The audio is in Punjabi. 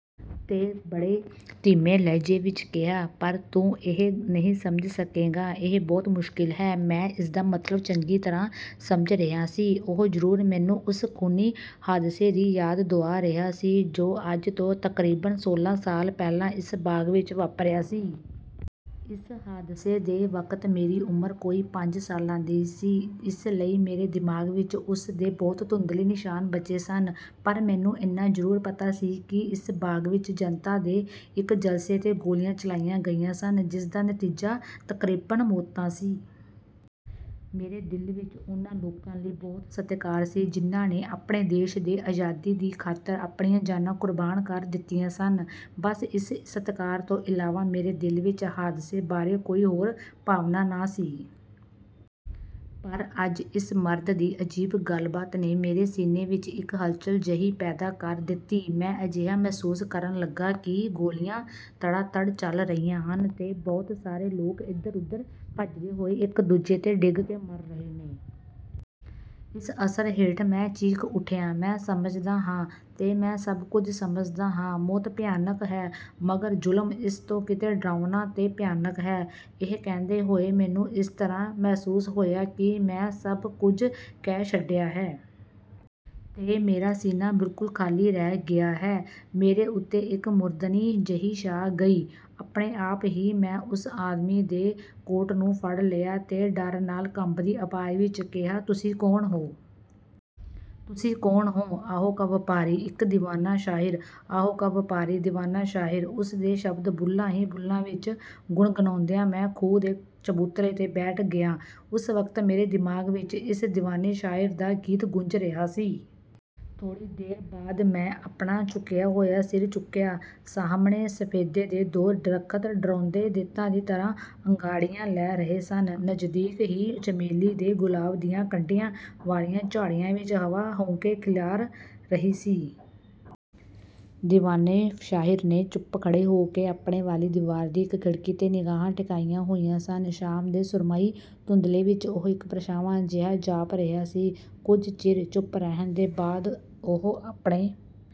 ਤੇ ਬੜੇ ਧੀਮੇ ਲਹਿਜੇ ਵਿਚ ਕਿਹਾ, ਪਰ ਤੂੰ ਇਹ ਨਹੀਂ ਸਮਝ ਸਕੇਂਗਾ, ਇਹ ਬਹੁਤ ਮੁਸ਼ਕਿਲ ਹੈ। ਮੈਂ ਇਸਦਾ ਮਤਲਬ ਚੰਗੀ ਤਰ੍ਹਾਂ ਸਮਝ ਰਿਹਾ ਸੀ। ਉਹ ਜ਼ਰੂਰ ਮੈਨੂੰ ਉਸ ਖੂਨੀ ਹਾਦਸੇ ਦੀ ਯਾਦ ਦੁਆ ਰਿਹਾ ਸੀ ਜੋ ਅੱਜ ਤੋਂ ਤਕਰੀਬਨ ਸੋਲ੍ਹਾਂ ਸਾਲ ਪਹਿਲਾਂ ਇਸ ਬਾਗ਼ ਵਿਚ ਵਾਪਰਿਆ ਸੀ। ਇਸ ਹਾਦਸੇ ਦੇ ਵਕਤ ਮੇਰੀ ਉਮਰ ਕੋਈ ਪੰਜ ਸਾਲਾਂ ਦੀ ਸੀ। ਇਸ ਲਈ ਮੇਰੇ ਦਿਮਾਗ਼ ਵਿਚ ਉਸ ਦੇ ਬਹੁਤ ਧੁੰਦਲੇ ਨਿਸ਼ਾਨ ਬਚੇ ਸਨ। ਪਰ ਮੈਨੂੰ ਇੰਨਾ ਜ਼ਰੂਰ ਪਤਾ ਸੀ ਕਿ ਇਸ ਬਾਗ਼ ਵਿਚ ਜਨਤਾ ਦੇ ਇਕ ਜਲਸੇ ’ਤੇ ਗੋਲੀਆਂ ਚਲਾਈਆਂ ਗਈਆਂ ਸਨ, ਜਿਸ ਦਾ ਨਤੀਜਾ ਤਕਰੀਬਨ ਮੌਤਾਂ ਸੀ। ਮੇਰੇ ਦਿਲ ਵਿਚ ਉਨ੍ਹਾਂ ਲੋਕਾਂ ਲਈ ਬਹੁਤ ਸਤਿਕਾਰ ਸੀ ਜਿਨ੍ਹਾਂ ਨੇ ਆਪਣੇ ਦੇਸ਼ ਦੀ ਆਜ਼ਾਦੀ ਦੀ ਖਾਤਰ ਆਪਣੀਆਂ ਜਾਨਾਂ ਕੁਰਬਾਨ ਕਰ ਦਿੱਤੀਆਂ ਸਨ। ਬੱਸ ਇਸ ਸਤਿਕਾਰ ਤੋਂ ਇਲਾਵਾ ਮੇਰੇ ਦਿਲ ਵਿਚ ਹਾਦਸੇ ਬਾਰੇ ਕੋਈ ਹੋਰ ਭਾਵਨਾ ਨਾ ਸੀ। ਪਰ ਅੱਜ ਇਸ ਮਰਦ ਦੀ ਅਜੀਬ ਗੱਲਬਾਤ ਨੇ ਮੇਰੇ ਸੀਨੇ ਵਿਚ ਇੱਕ ਹਲਚਲ ਜਿਹੀ ਪੈਦਾ ਕਰ ਦਿੱਤੀ। ਮੈਂ ਅਜਿਹਾ ਮਹਿਸੂਸ ਕਰਨ ਲੱਗਾ ਕਿ ਗੋਲੀਆਂ ਤੜਾਤੜ ਚੱਲ ਰਹੀਆਂ ਹਨ ਤੇ ਬਹੁਤ ਸਾਰੇ ਲੋਕ ਏਧਰ-ਓਧਰ ਭੱਜਦੇ ਹੋਏ ਇੱਕ ਦੂਜੇ ’ਤੇ ਡਿੱਗ ਕੇ ਮਰ ਰਹੇ ਨੇ। ਇਸ ਅਸਰ ਹੇਠ ਮੈਂ ਚੀਖ ਉੱਠਿਆ। ਮੈਂ ਸਮਝਦਾ ਹਾਂ, ਤੇ ਮੈਂ ਸਭ ਕੁਝ ਸਮਝਦਾ ਹਾਂ। ਮੌਤ ਭਿਆਨਕ ਹੈ। ਮਗਰ ਜ਼ੁਲਮ ਇਸ ਤੋਂ ਕਿਤੇ ਡਰਾਉਣਾ ਤੇ ਭਿਆਨਕ ਹੈ। ਇਹ ਕਹਿੰਦੇ ਹੋਏ ਮੈਨੂੰ ਇਸ ਤਰ੍ਹਾਂ ਮਹਿਸੂਸ ਹੋਇਆ ਕਿ ਮੈਂ ਸਭ ਕੁਝ ਕਹਿ ਛੱਡਿਆ ਹੈ। ਤੇ ਮੇਰਾ ਸੀਨਾ ਬਿਲਕੁਲ ਖਾਲੀ ਰਹਿ ਗਿਆ ਹੈ। ਮੇਰੇ ਉੱਤੇ ਇੱਕ ਮੁਰਦਨੀ ਜਿਹੀ ਛਾ ਗਈ। ਆਪਣੇ ਆਪ ਹੀ ਮੈਂ ਉਸ ਆਦਮੀ ਦੇ ਕੋਟ ਨੂੰ ਫੜ ਲਿਆ ਤੇ ਡਰ ਨਾਲ ਕੰਬਦੀ ਆਵਾਜ਼ ਵਿਚ ਕਿਹਾ, ਤੁਸੀਂ ਕੌਣ ਹੋ? ਤੁਸੀਂ ਕੌਣ ਹੋ? ਆਹੋਂ ਕਾ ਵਪਾਰੀ, ਇੱਕ ਦੀਵਾਨਾ ਸ਼ਾਇਰ। ਆਹੋਂ ਕਾ ਵਪਾਰੀ! ਦੀਵਾਨਾ ਸ਼ਾਇਰ! ਉਸ ਦੇ ਸ਼ਬਦ ਬੁੱਲ੍ਹਾਂ ਹੀ ਬੁੱਲ੍ਹਾਂ ਵਿਚ ਗੁਣਗੁਣਾਉਂਦਿਆਂ ਮੈਂ ਖੂਹ ਦੇ ਚਬੂਤਰੇ ’ਤੇ ਬੈਠ ਗਿਆ। ਉਸ ਵਕਤ ਮੇਰੇ ਦਿਮਾਗ਼ ਵਿਚ ਇਸ ਦੀਵਾਨੇ ਸ਼ਾਇਰ ਦਾ ਗੀਤ ਗੂੰਜ ਰਿਹਾ ਸੀ। ਥੋੜ੍ਹੀ ਦੇਰ ਬਾਅਦ ਮੈਂ ਆਪਣਾ ਝੁਕਿਆ ਹੋਇਆ ਸਿਰ ਚੁੱਕਿਆ। ਸਾਹਮਣੇ ਸਫ਼ੇਦੇ ਦੇ ਦੋ ਦਰੱਖਤ ਡਰਾਉਦੇਂ ਦੈਂਤਾਂ ਦੀ ਤਰ੍ਹਾਂ ਅੰਗਾੜਈਆਂ ਲੈ ਰਹੇ ਸਨ। ਨਜ਼ਦੀਕ ਹੀ ਚਮੇਲੀ ਤੇ ਗੁਲਾਬ ਦੀਆਂ ਕੰਡਿਆਂ ਵਾਲੀਆਂ ਝਾੜੀਆਂ ਵਿਚ ਹਵਾ ਹਉਕੇ ਖਿਲਾਰ ਰਹੀ ਸੀ। ਦੀਵਾਨੇ ਸ਼ਾਇਰ ਨੇ ਚੁੱਪ ਖੜ੍ਹੇ ਹੋ ਕੇ ਆਪਣੇ ਵਾਲੀ ਦੀਵਾਰ ਦੀ ਇੱਕ ਖਿੜਕੀ ’ਤੇ ਨਿਗਾਹਾਂ ਟਿਕਾਈਆਂ ਹੋਈਆਂ ਸਨ। ਸ਼ਾਮ ਦੇ ਸੁਰਮਈ ਧੁੰਦਲੇ ਵਿਚ ਉਹ ਇੱਕ ਪਰਛਾਵਾਂ ਜਿਹਾ ਜਾਪ ਰਿਹਾ ਸੀ। ਕੁਝ ਚਿਰ ਚੁੱਪ ਰਹਿਣ ਦੇ ਬਾਅਦ ਉਹ ਆਪਣੇ